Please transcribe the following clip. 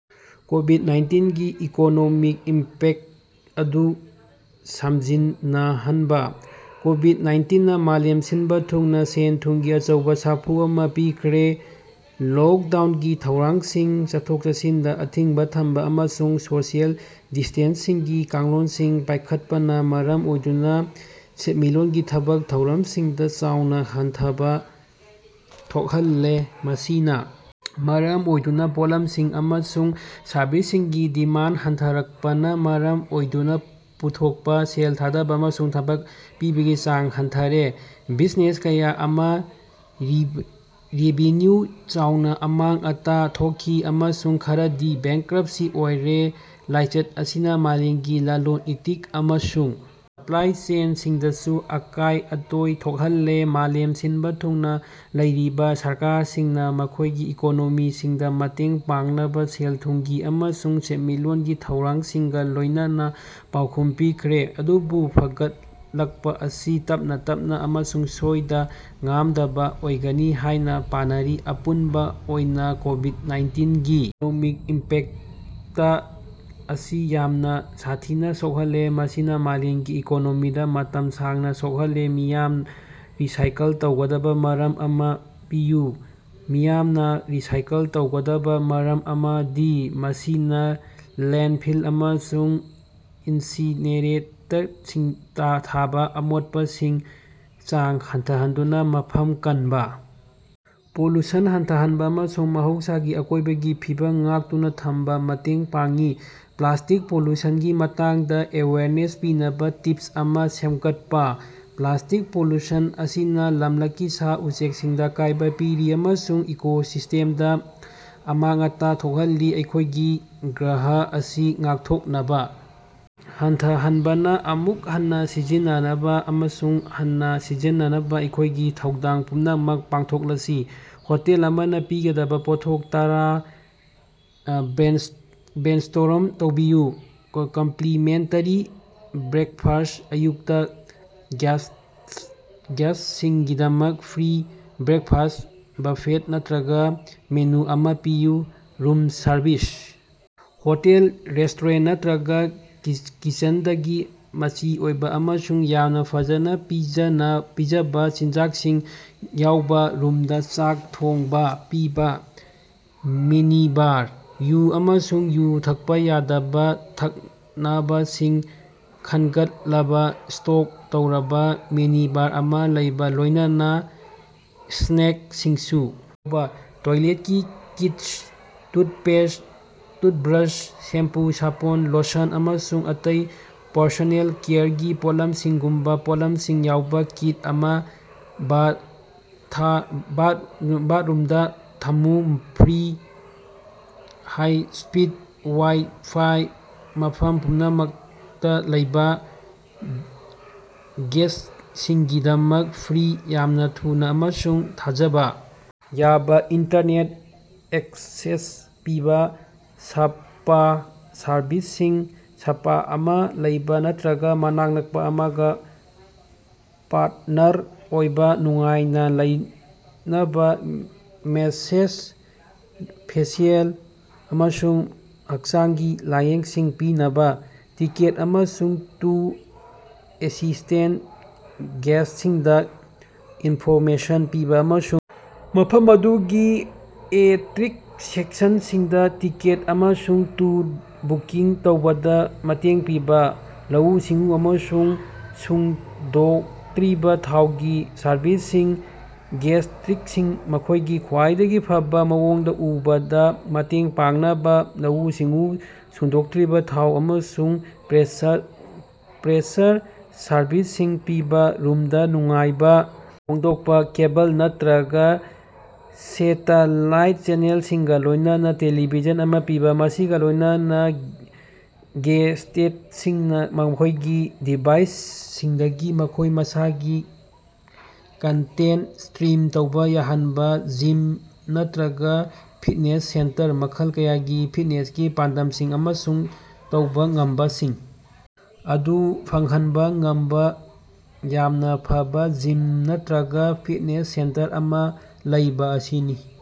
ꯀꯣꯕꯤꯗ-ꯅꯥꯏꯟꯇꯤꯟꯒꯤ economic impact ꯑꯗꯨ ꯁꯝꯖꯤꯟꯅꯍꯟꯕ꯫ ꯀꯣꯕꯤꯗ-ꯅꯥꯏꯟꯇꯤꯟꯅꯥ ꯃꯥꯂꯦꯝ ꯁꯤꯟꯕ ꯊꯨꯡꯅ ꯁꯦꯟ-ꯊꯨꯝꯒꯤ ꯑꯆꯧꯕ ꯁꯥꯐꯨ ꯑꯃ ꯄꯤꯈ꯭ꯔꯦ꯫ ꯂꯣꯛꯗꯥꯎꯟꯒꯤ ꯊꯧꯔꯥꯡꯁꯤꯡ, ꯆꯠꯊꯣꯛ-ꯆꯠꯁꯤꯟꯗ ꯑꯊꯤꯡꯕ ꯊꯝꯕ, ꯑꯃꯁꯨꯡ ꯁꯣꯁꯤꯑꯦꯜ ꯗꯤꯁ꯭ꯇꯦꯟꯁꯤꯡꯒꯤ ꯀꯥꯡꯂꯣꯟꯁꯤꯡ ꯄꯥꯏꯈꯠꯄꯅ ꯃꯔꯝ ꯑꯣꯏꯗꯨꯅ ꯁꯦꯟꯃꯤꯠꯂꯣꯟꯒꯤ ꯊꯕꯛ ꯊꯧꯔꯝꯁꯤꯡꯗ ꯆꯥꯎꯅ ꯍꯟꯊꯕꯥ ꯊꯣꯛꯜꯂꯦ꯫ ꯃꯁꯤꯅ ꯃꯔꯝ ꯑꯣꯏꯗꯨ ꯄꯣꯠꯂꯝꯁꯤꯡ ꯑꯃꯁꯨꯡ ꯁꯔꯕꯤꯁꯁꯤꯡꯒꯤ ꯗꯤꯃꯥꯟꯗ ꯍꯟꯊꯔꯛꯄꯅ ꯃꯔꯝ ꯑꯣꯏꯗꯨꯅ ꯄꯨꯊꯣꯛꯄ, ꯁꯦꯜ ꯊꯥꯗꯕꯥ, ꯑꯃꯁꯨꯡ ꯊꯕꯛ ꯄꯤꯕꯒꯤ ꯆꯥꯡ ꯍꯟꯊꯔꯦ꯫ ꯕꯤꯖꯤꯅꯦꯁ ꯀꯌꯥ ꯑꯃꯅ ꯔꯦꯚꯤꯅ꯭ꯌꯨꯗ ꯆꯥꯎꯅ ꯑꯃꯥꯡ-ꯑꯇꯥ ꯊꯣꯛꯈꯤ, ꯑꯃꯁꯨꯡ ꯈꯔꯗꯤ ꯕꯦꯡꯀ꯭ꯔꯞꯁꯤ ꯑꯣꯏꯔꯦ꯫ ꯂꯥꯏꯆꯠ ꯑꯁꯤꯅ ꯃꯥꯂꯦꯝꯒꯤ ꯂꯂꯣꯟ-ꯏꯇꯤꯛ ꯑꯃꯁꯨꯡ ꯁꯄ꯭ꯂꯥꯏ ꯆꯦꯟꯁꯤꯡꯗꯁꯨ ꯑꯀꯥꯏ-ꯑꯇꯣꯏ ꯊꯣꯛꯍꯜꯂꯦ꯫ ꯃꯥꯂꯦꯝ ꯁꯤꯟꯕꯥ ꯊꯨꯡꯅ ꯂꯩꯔꯤꯕ ꯁꯔꯀꯥꯔꯁꯤꯡꯅ ꯃꯈꯣꯏꯒꯤ ꯏꯀꯣꯅꯣꯃꯤꯁꯤꯡꯗ ꯃꯇꯦꯡ ꯄꯥꯡꯅꯕꯥ ꯁꯦꯜ-ꯊꯨꯝꯒꯤ ꯑꯃꯁꯨꯡ ꯁꯦꯟꯃꯤꯠꯂꯣꯟꯒꯤ ꯊꯧꯔꯥꯡꯁꯤꯡꯒ ꯂꯣꯏꯅꯅꯥ ꯄꯥꯎꯈꯨꯝ ꯄꯤꯈ꯭ꯔꯦ, ꯑꯗꯨꯕꯨ ꯐꯒꯠꯂꯛꯄ ꯑꯁꯤ ꯇꯞꯅꯥ ꯇꯞꯅꯥ ꯑꯃꯁꯨꯡ ꯁꯣꯏꯗ-ꯉꯥꯝꯗꯕ ꯑꯣꯏꯒꯅꯤ ꯍꯥꯏꯅ‌ ꯄꯥꯅꯔꯤ꯫ ꯑꯄꯨꯟꯕ ꯑꯣꯏꯅ ꯀꯣꯕꯤꯗ-ꯅꯥꯏꯟꯇꯤꯟꯒꯤ ꯏꯀꯣꯅꯣꯃꯤꯛ ꯏꯝꯄꯦꯛꯇ ꯑꯁꯤ ꯌꯥꯝꯅ ꯁꯥꯊꯤꯅ ꯁꯣꯛꯍꯜꯂꯦ, ꯃꯁꯤꯅ ꯃꯥꯂꯦꯝꯒꯤ ꯏꯀꯣꯅꯣꯃꯤꯗ ꯃꯇꯝ ꯁꯥꯡꯅ ꯁꯣꯛꯍꯜꯂꯦ꯫ ꯃꯤꯌꯥꯝꯅ ꯔꯤꯁꯥꯏꯀꯜ ꯇꯧꯒꯗꯕꯥ ꯃꯔꯝ ꯑꯃ ꯄꯤꯌꯨ꯫ ꯃꯤꯌꯥꯝꯅ ꯔꯤꯁꯥꯏꯀꯜ ꯇꯧꯒꯗꯕꯥ ꯃꯔꯝ ꯑꯃꯗꯤ ꯃꯁꯤꯅ ꯂꯦꯟꯗꯐꯤꯜ ꯑꯃꯁꯨꯡ ꯏꯟꯁꯤꯅꯦꯔꯦꯇꯔꯁꯤꯡꯗ ꯊꯥꯕ ꯑꯃꯣꯠꯄꯁꯤꯡꯒꯤ ꯆꯥꯡ ꯍꯟꯊꯍꯟꯗꯨꯅ ꯃꯐꯝ ꯀꯟꯕ, ꯄꯣꯂꯨꯁꯟ ꯍꯟꯊꯍꯟꯕ ꯑꯃꯁꯨꯡ ꯃꯍꯧꯁꯥꯒꯤ ꯑꯀꯣꯏꯕꯒꯤ ꯐꯤꯕꯝ ꯉꯥꯛꯇꯨꯅ‌ ꯊꯝꯕꯗ ꯃꯇꯦꯡ ꯄꯥꯡꯏ꯫ ꯄ꯭ꯂꯥꯁꯇꯤꯛ ꯄꯣꯂꯨꯁꯟꯒꯤ ꯃꯇꯥꯡꯗ ꯑꯦꯋꯦꯌꯔꯅꯦꯁ ꯄꯤꯅꯕꯥ ꯇꯤꯞꯁ ꯑꯃ ꯁꯦꯝꯒꯠꯄ꯫ ꯄ꯭ꯂꯥꯁ꯭ꯇꯤꯛ ꯄꯣꯂꯨꯁꯟ ꯑꯁꯤꯅ ꯂꯝꯂꯛꯀꯤ ꯁꯥ-ꯎꯆꯦꯀꯁꯤꯡꯗ ꯑꯀꯥꯏꯕ‌ ꯄꯤꯔꯤ ꯑꯃꯁꯨꯡ ꯏꯀꯣꯁꯤꯁꯇꯦꯝꯗ ꯑꯃꯥꯡ-ꯑꯇꯥ ꯊꯣꯛꯍꯜꯂꯤ꯫ ꯑꯩꯈꯣꯏꯒꯤ ꯒ꯭ꯔꯍ ꯑꯁꯤ ꯉꯥꯛꯊꯣꯛꯅꯕ ꯍꯟꯊꯍꯟꯅꯕꯥ, ꯑꯃꯨꯛ ꯍꯟꯅ ꯁꯤꯖꯤꯟꯅꯅꯕꯥ ꯑꯃꯁꯨꯡ ꯑꯃꯨꯛ ꯍꯟꯅ ꯁꯤꯖꯤꯟꯅꯅꯕꯥ ꯑꯩꯈꯣꯏꯒꯤ ꯊꯧꯗꯥꯡ ꯄꯨꯝꯅꯃꯛ ꯄꯥꯡꯊꯣꯛꯂꯁꯤ꯫ ꯍꯣꯇꯦꯜ ꯑꯃꯅ ꯄꯤꯒꯗꯕꯥ ꯄꯣꯠꯊꯣꯛ ꯇꯔꯥ ꯕ꯭ꯔꯦꯟꯁ꯭ꯇꯣꯔꯝ ꯇꯧꯕꯤꯌꯨ꯫ ꯀꯝꯄ꯭ꯂꯤꯃꯦꯟꯇꯔꯤ ꯕ꯭ꯔꯦꯛꯐꯥꯁ꯭ꯠ - ꯑꯌꯨꯛꯇ ꯒꯦꯁ꯭ꯇꯁꯤꯡꯒꯤꯗꯃꯛ ꯐ꯭ꯔꯤ ꯕ꯭ꯔꯦꯛꯐꯥꯁ꯭ꯠ ꯕꯐꯦꯠ ꯅꯠꯇꯔꯒ ꯃꯦꯅꯨ ꯑꯃ ꯄꯤꯕ꯫ ꯔꯨꯝ ꯁꯔꯚꯤꯁ - ꯍꯣꯇꯦꯜꯒꯤ ꯔꯦꯁ꯭ꯇꯣꯔꯦꯟꯇ ꯅꯠꯇꯔꯒ ꯀꯤꯆꯦꯟꯗꯒꯤ ꯃꯆꯤ ꯑꯣꯏꯕ ꯑꯃꯁꯨꯡ ꯌꯥꯝꯅ ꯐꯖꯅꯥ ꯄꯤꯖꯕꯥ ꯆꯤꯟꯖꯥꯛꯁꯤꯡ ꯌꯥꯎꯕ‌ ꯔꯨꯝꯗ ꯆꯥꯛ ꯊꯣꯡꯅꯕꯥ ꯄꯤꯕ꯫ ꯃꯤꯅꯤꯕꯥꯔ - ꯌꯨ ꯑꯃꯁꯨꯡ ꯌꯨ ꯊꯛꯄ ꯌꯥꯗꯕꯥ ꯊꯛꯅꯕꯁꯤꯡ ꯈꯟꯒꯠꯂꯕꯥ ꯁ꯭ꯇꯣꯛ ꯇꯧꯔꯕ ꯃꯤꯅꯤꯕꯥꯔ ꯑꯃ ꯂꯩꯕ, ꯂꯣꯏꯅꯅꯥ ꯁ꯭ꯅꯦꯛꯁꯤꯡꯁꯨ ꯂꯩꯕ꯫ ꯇꯣꯏꯂꯦꯠꯀꯤ ꯀꯤꯠ - ꯇꯨꯠꯄꯦꯁ꯭ꯠ, ꯇꯨꯠꯕ꯭ꯔꯁ, ꯁꯦꯝꯄꯨ, ꯁꯥꯄꯣꯟ, ꯂꯣꯁꯟ, ꯑꯃꯁꯨꯡ ꯑꯇꯩ ꯄꯔꯁꯣꯅꯦꯜ ꯀꯦꯌꯔꯒꯤ ꯄꯣꯠꯂꯝꯁꯤꯡꯒꯨꯝꯕ ꯄꯣꯠꯂꯝꯁꯤꯡ ꯌꯥꯎꯕ ꯀꯤꯠ ꯑꯃ ꯕꯥꯊꯔꯨꯝꯗ ꯊꯝꯃꯨ꯫ ꯐ꯭ꯔꯤ ꯍꯥꯏ-ꯁ꯭ꯄꯤꯗ ꯋꯥꯏ-ꯐꯥꯏ - ꯃꯐꯝ ꯄꯨꯝꯅꯃꯛꯇ ꯂꯩꯕ ꯒꯦꯁ꯭ꯇꯁꯤꯡꯒꯤꯗꯃꯛ ꯐ꯭ꯔꯤ, ꯌꯥꯝꯅ ꯊꯨꯅ ꯑꯃꯁꯨꯡ ꯊꯥꯖꯕꯥ ꯌꯥꯕ ꯏꯟꯇꯔꯅꯦꯠ ꯑꯦꯛꯁꯦꯁ ꯄꯤꯕ꯫ ꯁ꯭ꯄꯥ ꯁꯔꯚꯤꯁꯁꯤꯡ - ꯁ꯭ꯄꯥ ꯑꯃ ꯂꯩꯕ ꯅꯠꯇꯔꯒ ꯃꯅꯥꯛ ꯅꯛꯄ ꯑꯃꯒ ꯄꯥꯔꯇꯅꯔ ꯑꯣꯏꯕ, ꯅꯨꯡꯉꯥꯏꯅ ꯂꯩꯅꯕ ꯃꯦꯁꯦꯖ, ꯐꯦꯁꯤꯑꯦꯜ, ꯑꯃꯁꯨꯡ ꯍꯛꯆꯥꯡꯒꯤ ꯂꯥꯌꯦꯡꯁꯤꯡ ꯄꯤꯅꯕꯥ꯫ ꯇꯤꯀꯦꯠ ꯑꯃꯁꯨꯡ ꯇꯨꯔ ꯑꯦꯁꯤꯁ꯭ꯇꯦꯟꯁ - ꯒꯦꯁ꯭ꯇꯁꯤꯡꯗ ꯏꯟꯐꯣꯔꯃꯦꯁꯟ ꯄꯤꯕ ꯑꯃꯁꯨꯡ ꯃꯐꯝ ꯑꯗꯨꯒꯤ ꯑꯦꯇꯔꯦꯛꯁꯟꯁꯤꯡꯗ‌ ꯇꯤꯀꯦꯠ ꯑꯃꯁꯨꯡ ꯇꯨꯔ ꯕꯨꯀꯤꯡ ꯇꯧꯕꯗ ꯃꯇꯦꯡ ꯄꯤꯕ꯫ ꯂꯧꯎ-ꯁꯤꯡꯎ ꯑꯃꯁꯨꯡ ꯁꯨꯡꯗꯣꯛꯇꯔꯤꯕ ꯊꯥꯎꯒꯤ ꯁꯔꯚꯤꯁꯁꯤꯡ - ꯒꯦꯁ꯭ꯇꯁꯤꯡꯅ ꯃꯈꯣꯏꯒꯤ ꯈ꯭ꯋꯥꯏꯗꯒꯤ ꯐꯕꯥ ꯃꯑꯣꯡꯗ ꯎꯕꯗꯥ ꯃꯇꯦꯡ ꯄꯥꯡꯅꯕꯥ ꯂꯧꯎ-ꯁꯤꯡꯎ, ꯁꯨꯡꯗꯣꯛꯇꯔꯤꯕ ꯊꯥꯎ, ꯑꯃꯁꯨꯡ ꯄ꯭ꯔꯦꯁꯔ ꯁꯔꯚꯤꯁꯁꯤꯡ ꯄꯤꯕ꯫ ꯔꯨꯝꯗ ꯅꯨꯡꯉꯥꯏꯕ ꯐꯣꯡꯗꯣꯛꯄ - ꯀꯦꯕꯜ ꯅꯠꯇꯔꯒ ꯁꯦꯇꯦꯂꯥꯏꯠ ꯆꯦꯅꯦꯜꯁꯤꯡꯒ ꯂꯣꯏꯅꯅ ꯇꯦꯂꯤꯚꯤꯖꯟ ꯑꯃ ꯄꯤꯕ, ꯃꯁꯤꯒ ꯂꯣꯏꯅꯅ ꯒꯦꯁ꯭ꯇꯁꯤꯡꯅ ꯃꯈꯣꯏꯒꯤ ꯗꯤꯚꯥꯏꯁꯁꯤꯡꯗꯒꯤ ꯃꯈꯣꯏ ꯃꯁꯥꯒꯤ ꯀꯟꯇꯦꯟꯇ ꯁ꯭ꯇꯔꯤꯝ ꯇꯧꯕ ꯌꯥꯍꯟꯕ꯫ ꯖꯤꯝ ꯅꯠꯇꯔꯒ ꯐꯤꯠꯅꯦꯁ ꯁꯦꯟꯇꯔ - ꯃꯈꯜ ꯀꯌꯥꯒꯤ ꯐꯤꯠꯅꯦꯁꯀꯤ ꯄꯥꯟꯗꯝꯁꯤꯡ ꯑꯃꯁꯨꯡ ꯇꯧꯕ ꯉꯝꯕꯁꯤꯡ ꯑꯗꯨ ꯐꯪꯍꯟꯕ ꯉꯝꯕ ꯌꯥꯝꯅ ꯐꯕꯥ ꯖꯤꯝ ꯅꯠꯇꯔꯒ ꯐꯤꯠꯅꯦꯁ ꯁꯦꯟꯇꯔ ꯑꯃ ꯂꯩꯕ ꯑꯁꯤꯅꯤ꯫